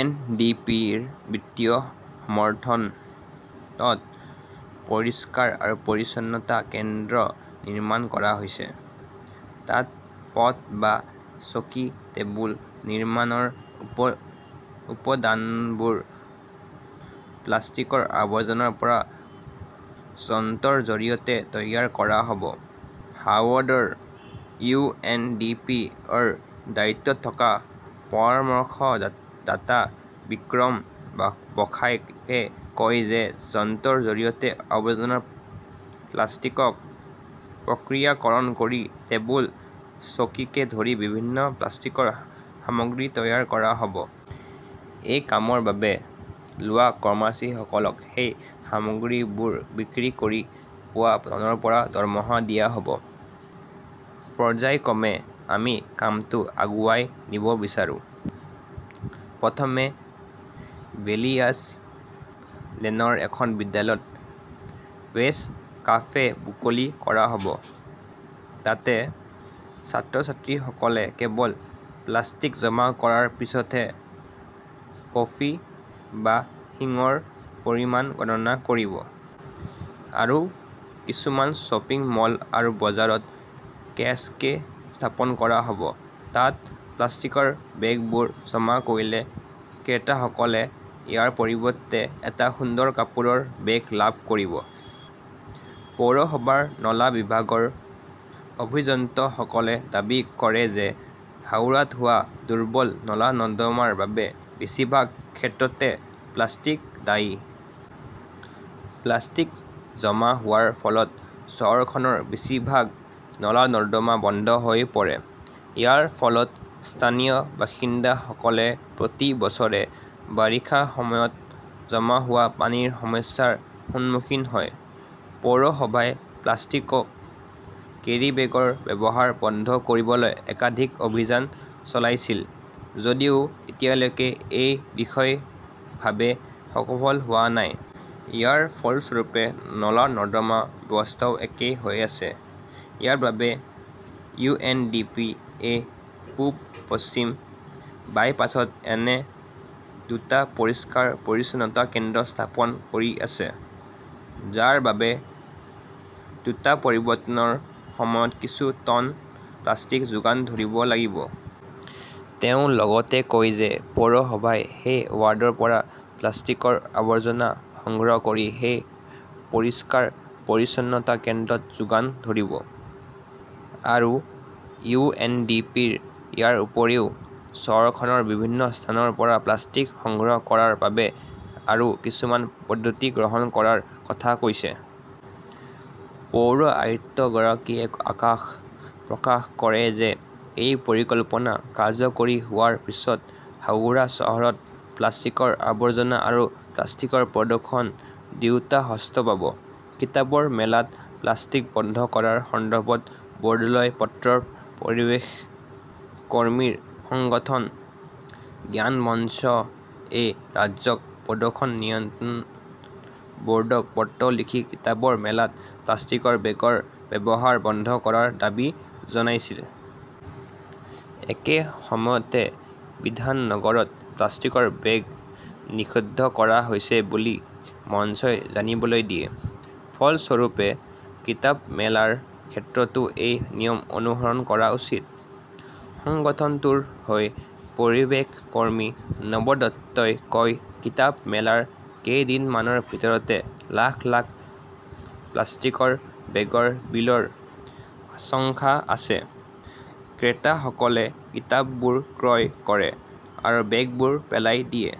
N. D. P. ৰ বিত্তীয় সমৰ্থনত পৰিষ্কাৰ-পৰিচ্ছন্নতা কেন্দ্ৰ নিৰ্মাণ কৰা হৈছে। তাত পথ বা চকী-টেবুল নিৰ্মাণৰ উপাদানবোৰ প্লাষ্টিকৰ আৱৰ্জনাৰ পৰা যন্ত্ৰৰ জৰিয়তে তৈয়াৰ কৰা হ 'ব। হাওড়াৰ ইউ. এন. ডি. পি. -ৰ দায়িত্বত থকা পৰামৰ্শদাতা বিক্ৰম বসাকে কয় যে যন্ত্ৰৰ জৰিয়তে আৱৰ্জনা প্লাষ্টিক প্ৰক্ৰিয়াকৰণ কৰি টেবুল, চকীকে ধৰি বিভিন্ন প্লাষ্টিকৰ সামগ্ৰী তৈয়াৰ কৰা হ'ব। এই কামৰ বাবে লোৱা কৰ্মচাৰীসকলক সেই সামগ্ৰীবোৰ বিক্ৰী কৰি পোৱা ধনৰ পৰা দৰমহা দিয়া হ'ব। পৰ্য্যায়ক্ৰমে আমি কামটো আগুৱাই নিব বিচাৰো। প্ৰথমে বেলিয়াছ লেনৰ এখন বিদ্যালয়ত ৱেষ্ট কাফে মুকলি কৰা হ'ব। তাত ছাত্ৰ-ছাত্ৰীসকলে কেৱল প্লাষ্টিক জমা কৰাৰ পিছতহে কফি বা শিঙৰ পৰিমাণ গণনা কৰিব। আৰু কিছুমান শ্বপিং মল আৰু বজাৰত কিয়স্ক স্থাপন কৰা হ'ব। তাত প্লাষ্টিকৰ বেগবোৰ জমা কৰিলে ক্ৰেতাসকলে ইয়াৰ পৰিৱৰ্তে এটা সুন্দৰ কাপোৰৰ বেগ লাভ কৰিব। পৌৰসভাৰ নলা বিভাগৰ অভিযন্তাসকলে দাবী কৰে যে হাওৰাত হোৱা দুৰ্বল নলা-নৰ্দমাৰ বাবে বেছিভাগ ক্ষেত্ৰতে প্লাষ্টিক দায়ী। প্লাষ্টিক জমা হোৱাৰ ফলত চহৰখনৰ বেছিভাগ নলা-নৰ্দমা বন্ধ হৈ পৰে। ইয়াৰ ফলত স্থানীয় বাসিন্দাসকলে প্ৰতি বছৰে বাৰিষাৰ সময়ত জমা হোৱা পানীৰ সমস্যাৰ সন্মুখীন হয়। পৌৰসভাই প্লাষ্টিকৰ কেৰিবেগৰ ব্যৱহাৰ বন্ধ কৰিবলৈ একাধিক অভিযান চলাইছিল যদিও এতিয়ালৈকে ই বিশেষভাৱে সফল হোৱা নাই। ইয়াৰ ফলস্বৰূপে নলা-নৰ্দমা ব্যৱস্থাও একেই হৈ আছে। ইয়াৰ বাবে ইউ. এন. ডি. পি. -য়ে পূব-পশ্চিম বাইপাছত এনে দুটা পৰিষ্কাৰ-পৰিচ্ছন্নতা কেন্দ্ৰ স্থাপন কৰি আছে, যাৰ বাবে দুটা পৰিৱৰ্তনৰ সময়ত কিছু টন প্লাষ্টিক যোগান ধৰিব লাগিব। তেওঁ লগতে কয় যে পৌৰসভাই সেই ৱাৰ্ডৰ পৰা প্লাষ্টিকৰ আৱৰ্জনা সংগ্ৰহ কৰি সেই পৰিষ্কাৰ-পৰিচ্ছন্নতা কেন্দ্ৰত যোগান ধৰিব। আৰু ইউ. এন. ডি. পি. ইয়াৰ উপৰিও, চহৰখনৰ বিভিন্ন স্থানৰ পৰা প্লাষ্টিক সংগ্ৰহ কৰাৰ বাবে আৰু কিছুমান পদ্ধতি গ্ৰহণ কৰাৰ কথা আছে। পৌৰ আয়ুক্তগৰাকীয়ে আশা প্ৰকাশ কৰে যে এই পৰিকল্পনা কাৰ্যকৰী হোৱাৰ পিছত হাওৰা চহৰত প্লাষ্টিকৰ আৱৰ্জনা আৰু প্লাষ্টিকৰ প্ৰদূষণ দুয়োটাই হ্ৰাস পাব। কিতাপৰ মেলাত প্লাষ্টিক বন্ধ কৰাৰ সন্দৰ্ভত বোৰ্ডলৈ পত্ৰ পৰিৱেশ কৰ্মীৰ সংগঠন গ্ৰীণ মঞ্চ এ ৰাজ্যিক প্ৰদূষণ নিয়ন্ত্ৰণ বৰ্ডক পত্ৰ লিখি কিতাপৰ মেলাত প্লাষ্টিকৰ বেগৰ ব্যৱহাৰ বন্ধ কৰাৰ দাবী জনাইছে। একে সময়তে বিধাননগৰত প্লাষ্টিকৰ বেগ নিষিদ্ধ কৰা হৈছে বুলি মঞ্চই জানিবলৈ দিয়ে। ফলস্বৰূপে, কিতাপ মেলাৰ ক্ষেত্ৰতো সেই নিয়ম অনুসৰণ কৰা উচিত। সংগঠনটোৰ হৈ পৰিৱেশ কৰ্মী নৱদত্তাই কয় কিতাপ মেলাৰ কেইদিনমানৰ ভিতৰত লাখ -লাখ প্লাষ্টিকৰ বেগৰ বিলৰ আশংকা আছে। ক্ৰেতাসকলে কিতাপবোৰ ক্ৰয় কৰে আৰু বেগবোৰ পেলাই দিয়ে।